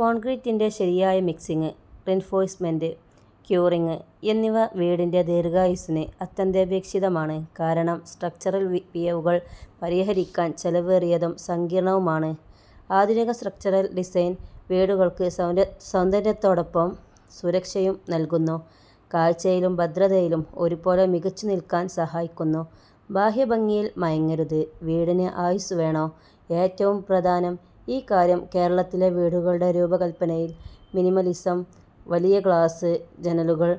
കോൺക്രീറ്റിന്റെ ശരിയായ mixing, reinforcement, curing എന്നിവ വീടിന്റെ ദീർഘായുസ്സിന് അത്യന്താപേക്ഷിതമാണ്, കാരണം സ്ട്രക്ചറൽ പിഴവുകൾ പരിഹരിക്കാൻ ചെലവേറിയതും സങ്കീർണ്ണവുമാണ്. ആധുനിക സ്ട്രക്ചറൽ ഡിസൈൻ വീടുകൾക്ക് സൗന്ദര്യത്തോടൊപ്പം സുരക്ഷയും നൽകുന്നു, കാഴ്ചയിലും ഭദ്രതയിലും ഒരുപോലെ മികച്ചുനിൽക്കാൻ സഹായിക്കുന്നു. ബാഹ്യഭംഗിയിൽ മയങ്ങരുത്: വീടിന് ആയുസ്സ് വേണോ? ഏറ്റവും പ്രധാനം ഈ കാര്യം കേരളത്തിലെ വീടുകളുടെ രൂപകൽപ്പനയിൽ മിനിമലിസം, വലിയ ഗ്ലാസ് ജനലുകൾ,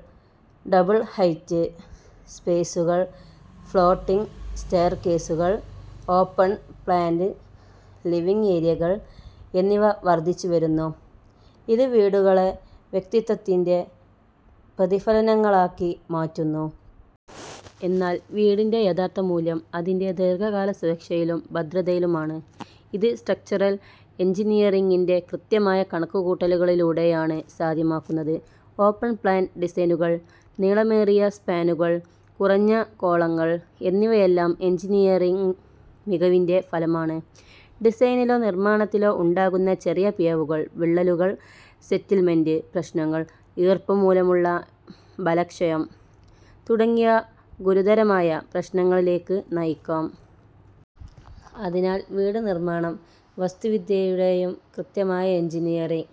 ഡബിൾ-ഹൈറ്റ് സ്പേസുകൾ, ഫ്ലോട്ടിങ് സ്റ്റെയർകേസുകൾ, ഓപ്പൺ-പ്ലാൻ ലിവിങ് ഏരിയകൾ എന്നിവ വർദ്ധിച്ചുവരുന്നു, ഇത് വീടുകളെ വ്യക്തിത്വത്തിന്റെ പ്രതിഫലനങ്ങളാക്കി മാറ്റുന്നു. എന്നാൽ വീടിന്റെ യഥാർത്ഥ മൂല്യം അതിന്റെ ദീർഘകാല സുരക്ഷയിലും ഭദ്രതയിലുമാണ്, ഇത് സ്ട്രക്ചറൽ എൻജിനീയറിംഗിന്റെ കൃത്യമായ കണക്കുകൂട്ടലുകളിലൂടെയാണ് സാധ്യമാകുന്നത്. ഓപ്പൺ-പ്ലാൻ ഡിസൈനുകൾ, നീളമേറിയ സ്പാനുകൾ, കുറഞ്ഞ കോളങ്ങൾ എന്നിവയെല്ലാം എൻജിനീയറിംഗ് മികവിന്റെ ഫലമാണ്; ഡിസൈനിലോ നിർമ്മാണത്തിലോ ഉണ്ടാകുന്ന ചെറിയ പിഴവുകൾ വിള്ളലുകൾ, സെറ്റിൽമെന്റ് പ്രശ്നങ്ങൾ, ഈർപ്പം മൂലമുള്ള ബലക്ഷയം തുടങ്ങിയ ഗുരുതരമായ പ്രശ്നങ്ങളിലേക്ക് നയിക്കാം. അതിനാൽ, വീട് നിർമ്മാണം വാസ്തുവിദ്യയുടെയും കൃത്യമായ എഞ്ചിനീയറിംഗ്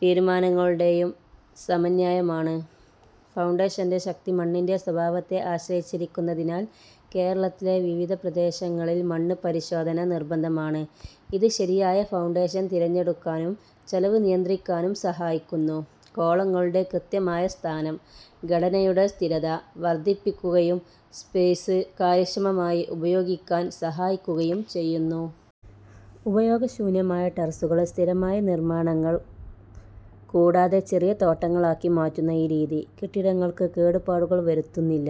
തീരുമാനങ്ങളുടെയും സമന്വയമാണ്. ഫൗണ്ടേഷന്റെ ശക്തി മണ്ണിന്റെ സ്വഭാവത്തെ ആശ്രയിച്ചിരിക്കുന്നതിനാൽ, കേരളത്തിലെ വിവിധ പ്രദേശങ്ങളിൽ മണ്ണ് പരിശോധന നിർബന്ധമാണ്, ഇത് ശരിയായ ഫൗണ്ടേഷൻ തിരഞ്ഞെടുക്കാനും ചെലവ് നിയന്ത്രിക്കാനും സഹായിക്കുന്നു. കോളങ്ങളുടെ കൃത്യമായ സ്ഥാനം ഘടനയുടെ സ്ഥിരത വർദ്ധിപ്പിക്കുകയും സ്പേസ് കാര്യക്ഷമമായി ഉപയോഗിക്കാൻ സഹായിക്കുകയും ചെയ്യുന്നു. ഉപയോഗശൂന്യമായ ടെറസുകളെ സ്ഥിരമായ നിർമ്മാണങ്ങൾ കൂടാതെ ചെറിയ തോട്ടങ്ങളാക്കി മാറ്റുന്ന ഈ രീതി, കെട്ടിടങ്ങൾക്ക് കേടുപാടുകൾ വരുത്തുന്നില്ല.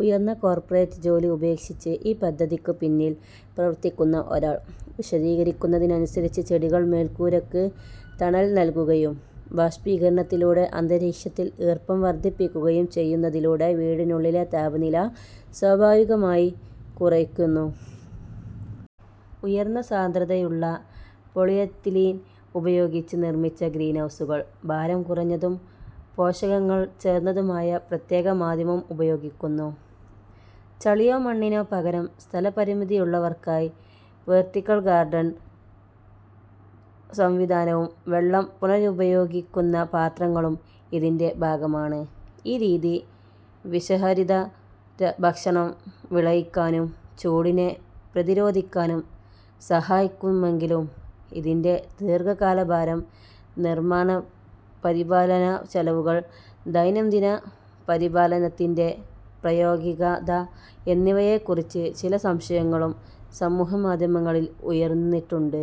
ഉയർന്ന കോർപ്പറേറ്റ് ജോലി ഉപേക്ഷിച്ച് ഈ പദ്ധതിക്ക് പിന്നിൽ പ്രവർത്തിക്കുന്ന ഒരാൾ വിശദീകരിക്കുന്നതനുസരിച്ച്, ചെടികൾ മേൽക്കൂരയ്ക്ക് തണൽ നൽകുകയും ബാഷ്പീകരണത്തിലൂടെ അന്തരീക്ഷത്തിൽ ഈർപ്പം വർദ്ധിപ്പിക്കുകയും ചെയ്യുന്നതിലൂടെ വീടിനുള്ളിലെ താപനില സ്വാഭാവികമായി കുറയ്ക്കുന്നു. ഉയർന്ന സാന്ദ്രതയുള്ള പോളിയെത്തിലീൻ ഉപയോഗിച്ച് നിർമ്മിച്ച ഗ്രീൻഹൗസുകൾ, ഭാരം കുറഞ്ഞതും പോഷകങ്ങൾ ചേർത്തതുമായ പ്രത്യേക മാധ്യമം ഉപയോഗിക്കുന്നു, ചളിയോ മണ്ണിനോ പകരം. സ്ഥലപരിമിതിയുള്ളവർക്കായി വെർട്ടിക്കൽ ഗാർഡൻ സംവിധാനവും വെള്ളം പുനരുപയോഗിക്കുന്ന പാത്രങ്ങളും ഇതിന്റെ ഭാഗമാണ്. ഈ രീതി വിഷരഹിത ഭക്ഷണം വിളയിക്കാനും ചൂടിനെ പ്രതിരോധിക്കാനും സഹായിക്കുമെങ്കിലും, ഇതിന്റെ ദീർഘകാല ഭാരം, നിർമ്മാണ, പരിപാലന ചെലവുകൾ, ദൈനംദിന പരിപാലനത്തിന്റെ പ്രായോഗികത എന്നിവയെക്കുറിച്ച് ചില സംശയങ്ങളും സമൂഹമാധ്യമങ്ങളിൽ ഉയർന്നിട്ടുണ്ട്.